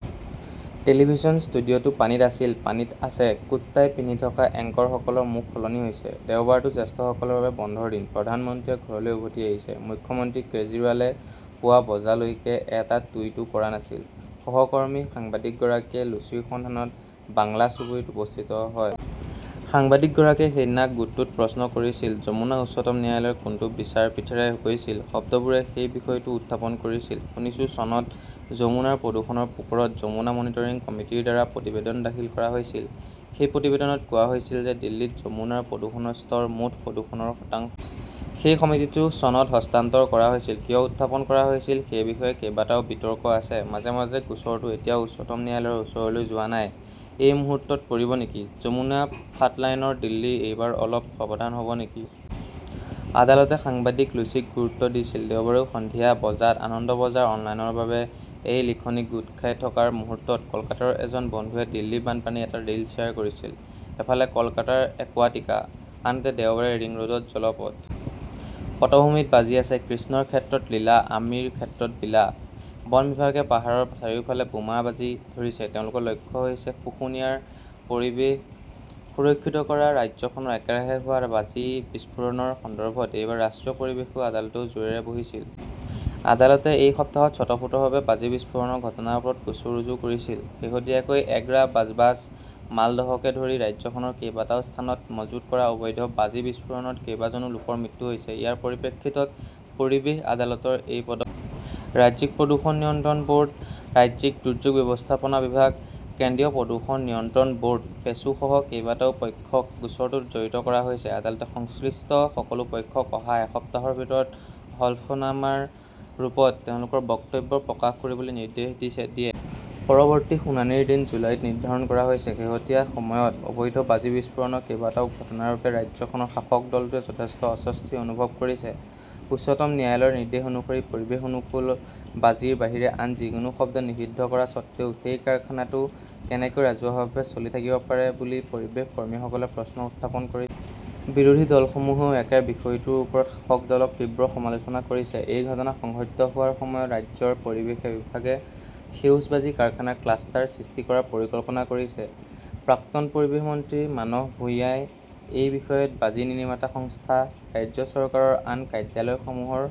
Television studio 'টো পানীত আছিল। পানীত আছে। কোট-টাই পিন্ধি থকা এংকৰসকলৰ মুখ সলনি হৈছে। দেওবাৰটো জ্যেষ্ঠসকলৰ বাবে বন্ধৰ দিন। প্ৰধানমন্ত্ৰীয়ে ঘৰলৈ উভতি আহিছে। মুখ্যমন্ত্ৰী কেজৰিৱালে পুৱা বজালৈকে এটা টুইটও কৰা নাছিল। সহকৰ্মী সাংবাদিকগৰাকীয়ে লুচিৰ সন্ধানত বাংলা চুবুৰীত উপস্থিত হয়। সাংবাদিকগৰাকীয়ে সেইদিনা গোটটোত প্ৰশ্ন কৰিছিল, যমুনা উচ্চতম ন্যায়ালয়ৰ কোনটো বিচাৰপীঠেৰে গৈছিল? শব্দবোৰে সেই বিষয়টোও উত্থাপন কৰিছিল। শুনিছোঁ, চনত যমুনাৰ প্ৰদূষণৰ ওপৰত 'যমুনা মনিটৰিং কমিটি " ৰ দ্বাৰা প্ৰতিবেদন দাখিল কৰা হৈছিল। সেই প্ৰতিবেদনত কোৱা হৈছিল যে দিল্লীত যমুনাৰ প্ৰদূষণৰ স্তৰ মুঠ প্ৰদূষণৰ শতাংশ। সেই সমিতিটো চনত হস্তান্তৰ কৰা হৈছিল। কিয় উত্থাপন কৰা হৈছিল সেই বিষয়ে কেইবাটাও বিতৰ্ক আছে। মাজে মাজে গোচৰটো এতিয়াও উচ্চতম ন্যায়ালয়ৰ ওচৰলৈ যোৱা নাই। এই মুহূৰ্তত পৰিব নেকি? যমুনা ফ্লাডল্যান্ডৰ দিল্লী এইবাৰ অলপ সাৱধান হ "ব নেকি? আদালতে সাংবাদিক লুচিক গুৰুত্ব দিছিল। দেওবাৰে সন্ধিয়া বজাত আনন্দ বজাৰ অনলাইনৰ বাবে এই লিখনি গোট খাই থকাৰ মুহূৰ্তত কলকাতাৰ এজন বন্ধুৱে দিল্লী বানপানীৰ এটা 'ৰীল "শ্বেয়াৰ কৰিছিল। এফালে কলকাতাৰ একুৱাটিকা। আনহাতে দেওবাৰে ৰিং ৰোডত জলপথ। পটভূমিত বাজি আছে, 'কৃষ্ণৰ ক্ষেত্ৰত লীলা, আমিৰ ক্ষেত্ৰত বিলা? '। বন বিভাগে পাহাৰৰ চাৰিওফালে 'বোমা "বাজি ধৰিছে, তেওঁলোকৰ লক্ষ্য হৈছে শুশুনিয়াৰ পৰিৱেশ সুৰক্ষিত কৰা ৰাজ্যখনত একেৰাহে হোৱা বাজি বিস্ফোৰণৰ সন্দৰ্ভত এইবাৰ ৰাষ্ট্ৰীয় পৰিৱেশ আদালতেও জোৰেৰে বহিছিল। আদালতে এই সপ্তাহত স্বতঃস্ফূৰ্তভাৱে বাজি বিস্ফোৰণৰ ঘটনাৰ ওপৰত গোচৰ ৰুজু কৰিছিল। শেহতীয়াকৈ, এগ্ৰা, বাজবাজ, মালদহকে ধৰি ৰাজ্যখনৰ কেইবাটাও স্থানত মজুত কৰা অবৈধ বাজি বিস্ফোৰণত কেইবাজনো লোকৰ মৃত্যু হৈছে। ইয়াৰ পৰিপ্ৰেক্ষিতত পৰিৱেশ আদালতৰ এই পদক্ষেপ। ৰাজ্যিক প্ৰদূষণ নিয়ন্ত্ৰণ ব "ৰ্ড, ৰাজ্যিক দুৰ্যোগ ব্যৱস্থাপনা বিভাগ, কেন্দ্ৰীয় প্ৰদূষণ নিয়ন্ত্ৰণ ব" ৰ্ড, পেছো সহ কেইবাটাও পক্ষক গোচৰটোত জড়িত কৰা হৈছে। আদালতে সংশ্লিষ্ট সকলো পক্ষক অহা এসপ্তাহৰ ভিতৰত হলফনামাৰ ৰূপত তেওঁলোকৰ বক্তব্য প্ৰকাশ কৰিবলৈ নিৰ্দেশ দিয়ে। পৰৱৰ্তী শুনানিৰ দিন জুলাইত নিৰ্ধাৰণ কৰা হৈছে। শেহতীয়া সময়ত অবৈধ বাজি বিস্ফোৰণৰ কেইবাটাও ঘটনাৰ বাবে ৰাজ্যখনৰ শাসক দলটোৱে যথেষ্ট অস্বস্তি অনুভৱ কৰিছে। উচ্চতম ন্যায়ালয়ৰ নিৰ্দেশ অনুসৰি পৰিৱেশ অনুকূল বাজিৰ বাহিৰে আন যিকোনো শব্দ নিষিদ্ধ কৰা স্বত্বেও সেই কাৰখানাটো কেনেকৈ ৰাজহুৱাভাৱে চলি থাকিব পাৰে বুলি পৰিৱেশ কৰ্মীসকলে প্ৰশ্ন উত্থাপন কৰিছে। বিৰোধী দলসমূহেও একে বিষয়টোৰ ওপৰত শাসক দলক তীব্ৰ সমালোচনা কৰিছে। এই ঘটনা সংঘটিত হোৱাৰ সময়তে ৰাজ্যৰ পৰিৱেশ বিভাগে সেউজ বাজি কাৰখানাৰ ক্লাষ্টাৰ সৃষ্টি কৰাৰ পৰিকল্পনা কৰিছে। প্ৰাক্তন পৰিৱেশ মন্ত্ৰী মানস ভুঁইয়াই এই বিষয়ত বাজি নিৰ্মাতা সংস্থা, ৰাজ্য চৰকাৰৰ আন কাৰ্যালয়সমূহৰ